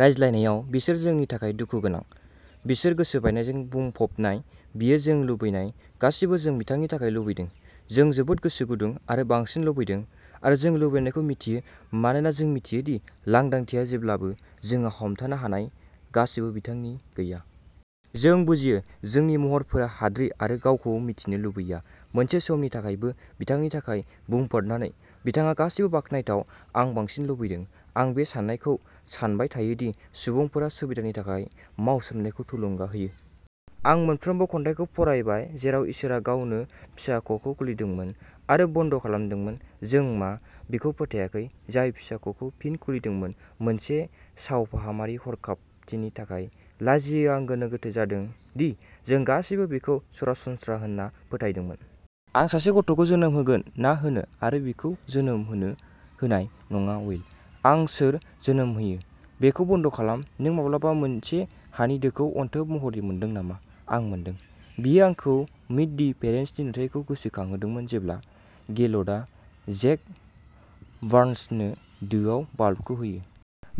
रायज्लायनायाव बिसोर जोंनि थाखाय दुखुगोनां बिसोर गोसो बायनायजों बुंफबनाय बियो जों लुबैनाय गासैबो जों बिथांनि थाखाय लुबैदों। जों जोबोद गोसो गुदुं आरो बांसिन लुबैदों आरो जों लुबैनायखौ मिथियो मानोना जों मिथियो दि लांदांथिया जेब्लाबो जोंहा हमथानो हानाय गासैबो बिथांनि गैया। जों बुजियो जोंनि महरफोरा हाद्रि आरो गावखौ मिथिनो लुबैया मोनसे समनि थाखायबो बिथांनि थाखाय बुंफोरनानै। बिथाङा गासैबो बाखनायथाव आं बांसिन लुबैदों। आं बे साननायखौ सानबाय थायो दि सुबुंफोरा सुबिदानि थाखाय मावसोमनायखौ थुलुंगा होयो। आं मोनफ्रोमबो खन्थाइखौ फरायबाय जेराव इसोरआ गावनो फिसाख'खौ खुलिदोंमोन आरो बन्द खालामदोंमोन। जों मा बिखौ फोथायाखै जाय फिसाख'खौ फिन खुलिदोंमोन मोनसे सावफाहामारि हरखाबथिनि थाखाय लाजियो आं गोनो गोथो जादों दि जों गासैबो बेखौ सरासनस्रा होन्ना फोथायदोंमोन। आं सासे गथ'खौ जोनोम होगोन ना होनो आरो बिखौ जोनोम होनो होनाय नङा विल। आं सोर जोनोम होयो बेखौ बन्द खालाम नों माब्लाबा मोनसे हानि दोखौ अनथोब महरै मोनदों नामा? आं मोनदों। बेयो आंखौ मीट दि पेरेन्ट्सनि नुथायखौ गोसोखांहोदोंमोन जेब्ला गेलर्डआ जेक बार्न्स नो दोआव बाल्बखौ होयो।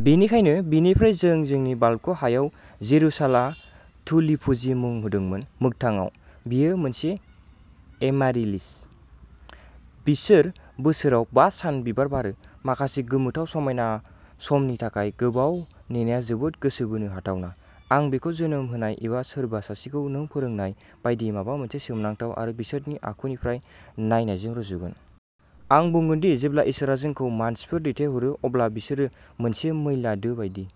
बेनिखायनो, बेनिफ्राय जों जोंनि बाल्बखौ हायाव जेरुसाला तुलिपुजि मुं होदोंमोन। मोगथाङाव, बेयो मोनसे एमारिलिस। बिसोर बोसोराव बा सान बिबार बारो। माखासे गोमोथाव समायना समनि थाखाय गोबाव नेनाया जोबोद गोसो बोनो हाथावना। आं बेखौ जोनोम होनाय एबा सोरबा सासेखौ नों फोरोंनाय बायदि माबा मोनसे सोमोनांथाव आरो बिसोरनि आखुनिफ्राय नायनायजों रुजुगोन। आं बुंगोनदि जेब्ला इसोरआ जोंखौ मानसिफोर दैथायहरो अब्ला बिसोरो मोनसे मैला दो बायदि।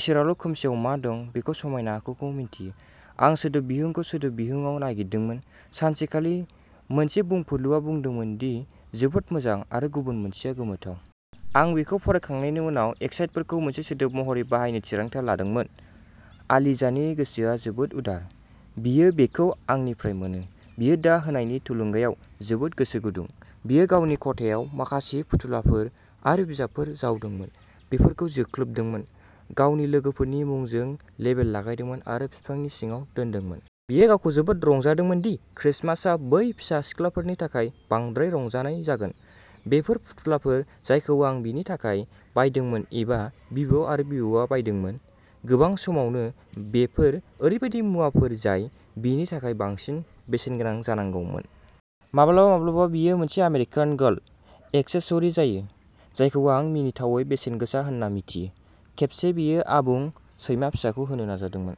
इसोराल'खोमसिआव मा दं बेनि समायना आखुखौ मिन्थियो। आं सोदोब बिहुंखौ सोदोब बिहुंआव नागिरदोंमोन। सानसेखालि। मोनसे बुंफुरलुआ बुंदोंमोन दि जोबोद मोजां आरो गुबुन मोनसेया गोमोथाव। आं बेखौ फरायखांनायनि उनाव एक्साइटफोरखौ मोनसे सोदोब महरै बाहायनो थिरांथा लादोंमोन। आलिजानि गोसोआ जोबोद उदार। बियो बेखौ आंनिफ्राय मोनो। बियो दा होनायनि थुलुंगायाव जोबोद गोसो गुदुं। बियो गावनि खथायाव माखासे फुथुलाफोर आरो बिजाबफोर जावदोंमोन, बेफोरखौ जोख्लोबदोंमोन, गावनि लोगोफोरनि मुंजों लेबेल लागायदोंमोन आरो बिफांनि सिङाव दोनदोंमोन। बियो गावखौ जोबोद रंजादोंमोन दि क्रिसमासआ बै फिसा सिख्लाफोरनि थाखाय बांद्राय रंजानाय जागोन। बेफोर फुथुलाफोर जायखौ आं बिनि थाखाय बायदोंमोन एबा बिबौ आरो बिबौआ बायदोंमोन। गोबां समावनो बेफोर ओरैबायदि मुवाफोर जाय बिनि थाखाय बांसिन बेसेन गोनां जानांगौमोन। माब्लाबा माब्लाबा बेयो मोनसे आमेरिकान गार्ल एक्सेसरी जायो जायखौ आं मिनिथावै बेसेन गोसा होन्ना मिथियो। खेबसे बियो आबुं सैमा फिसाखौ होनो नाजादोंमोन।